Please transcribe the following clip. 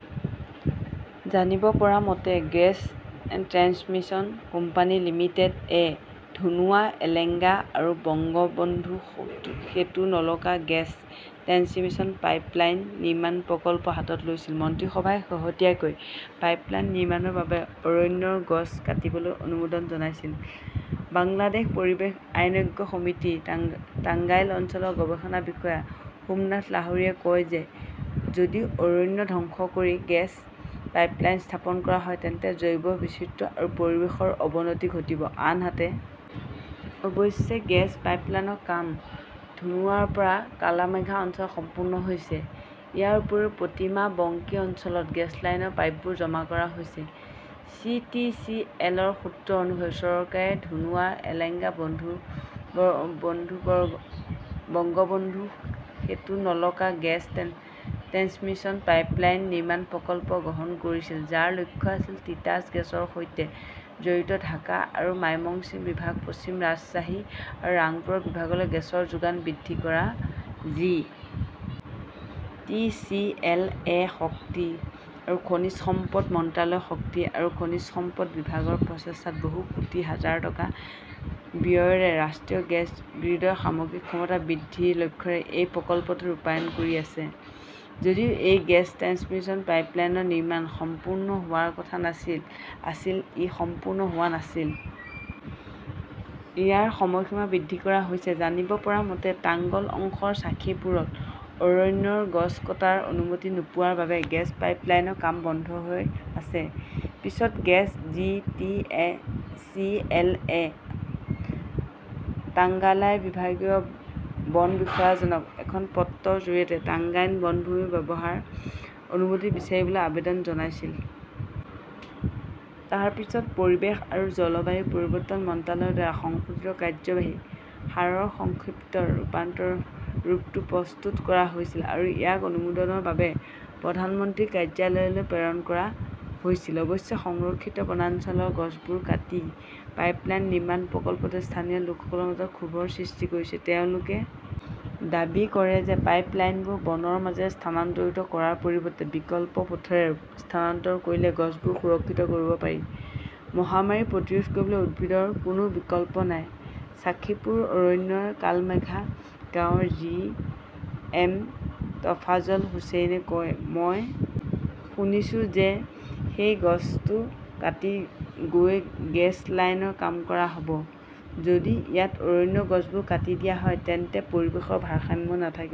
জানিব পৰা মতে, গেছ ট্ৰেন্সমিশ্যন কোম্পানী লিমিটেড -এ ধুনুৱা-এলেঙ্গা আৰু Bangabandhu Setu-Nalka gas transmission pipeline নিৰ্মাণ প্ৰকল্প হাতত লৈছিল। মন্ত্ৰীসভাই শেহতীয়াকৈ পাইপলাইন নিৰ্মাণৰ বাবে অৰণ্যৰ গছ কাটিবলৈ অনুমোদন জনাইছিল। বাংলাদেশ পৰিৱেশ আইনজ্ঞ সমিতিৰ টাঙ্গাইল অঞ্চলৰ গৱেষণা বিষয়া সোমনাথ লাহিৰীয়ে কয় যে যদি অৰণ্য ধ্বংস কৰি গেছ পাইপলাইন স্থাপন কৰা হয় তেন্তে জৈৱ বৈচিত্ৰ্য আৰু পৰিৱেশৰ অৱনতি ঘটিব। আনহাতে, অৱশ্যে, গেছ পাইপলাইনৰ কাম ধুনুৱাৰ পৰা কালমেঘা অঞ্চলত সম্পূৰ্ণ হৈছে। ইয়াৰ উপৰিও প্ৰতিমা বংকী অঞ্চলত গেছ লাইনৰ পাইপবোৰ জমা কৰা হৈছে। জি. টি. চি. এল. -ৰ সূত্ৰ অনুসৰি, চৰকাৰে "ধনুৱা-এলেঙ্গা আৰু Bangabandhu Setu-Nalka gas transmission pipeline নিৰ্মাণ প্ৰকল্প" গ্ৰহণ কৰিছিল, যাৰ লক্ষ্য আছিল তিতাছ গেছৰ সৈতে জড়িত ঢাকা আৰু মাইমশ্বিং বিভাগ, পশ্চিম ৰাজশ্বাহী আৰু ৰাংপুৰ বিভাগলৈ গেছৰ যোগান বৃদ্ধি কৰা। জি. টি. চি. এল. -এ শক্তি আৰু খনিজ সম্পদ মন্ত্ৰালয়ৰ শক্তি আৰু খনিজ সম্পদ বিভাগৰ প্ৰচেষ্টাত বহু কোটি হাজাৰ টকা ব্যয়েৰে ৰাষ্ট্ৰীয় গেছ গ্ৰীডৰ সামগ্ৰিক ক্ষমতা বৃদ্ধিৰ লক্ষ্যৰে এই প্ৰকল্পটো ৰূপায়ণ কৰি আছে। যদিও এই গেছ ট্ৰেন্সমিশ্যন পাইপলাইনৰ নিৰ্মাণ সম্পূৰ্ণ হোৱাৰ কথা আছিল, ই সম্পূৰ্ণ হোৱা নাছিল। ইয়াৰ সময়সীমা বৃদ্ধি কৰা হৈছে। জানিব পৰা মতে, টাংগল অংশৰ ছাখীপুৰত অৰণ্যৰ গছ কটাৰ অনুমতি নোপোৱাৰ বাবে গেছ পাইপলাইনৰ কাম বন্ধ হৈ আছে। পিছত gas G. T. C. L. -এ তাংগাইলৰ বিভাগীয় বন বিষয়াজনক এখন পত্ৰৰ জৰিয়তে তাংগাইল বনভূমি ব্যৱহাৰৰ অনুমতি বিচাৰিবলৈ আবেদন জনাইছিল। তাৰ পিছত পৰিৱেশ, বন আৰু জলবায়ু পৰিৱৰ্তন মন্ত্ৰালয়ৰ দ্বাৰা সংশোধিত কাৰ্যবাহী সাৰৰ সংক্ষিপ্ত ৰূপটো প্ৰস্তুত কৰা হৈছিল আৰু ইয়াক অনুমোদনৰ বাবে প্ৰধানমন্ত্ৰীৰ কাৰ্যালয়লৈ প্ৰেৰণ কৰা হৈছিল। অৱশ্যে, সংৰক্ষিত বনাঞ্চলৰ গছবোৰ কাটি পাইপলাইন নিৰ্মাণ প্ৰকল্পটোৱে স্থানীয় লোকসকলৰ মাজত ক্ষোভৰ সৃষ্টি কৰিছে। তেওঁলোকে দাবী কৰে যে পাইপ লাইনবোৰ বনৰ মাজেৰে স্থানান্তৰিত কৰাৰ পৰিৱৰ্তে বিকল্প পথেৰে স্থানান্তৰ কৰিলে গছবোৰ সুৰক্ষিত কৰিব পাৰি। "মহামাৰী প্ৰতিৰোধ কৰিবলৈ উদ্ভিদৰ কোনো বিকল্প নাই", ছাখীপুৰ অৰণ্যৰ কালমেঘা গাঁৱৰ জি. এম. টফাজ্জল হুচেইনে কয়। মই শুনিছোঁ যে সেই গছটো কাটি গৈ গেছ লাইনৰ কাম কৰা হ'ব। যদি ইয়াত অৰণ্যৰ গছবোৰ কাটি দিয়া হয় তেন্তে পৰিৱেশৰ ভাৰসাম্য নাথাকিব।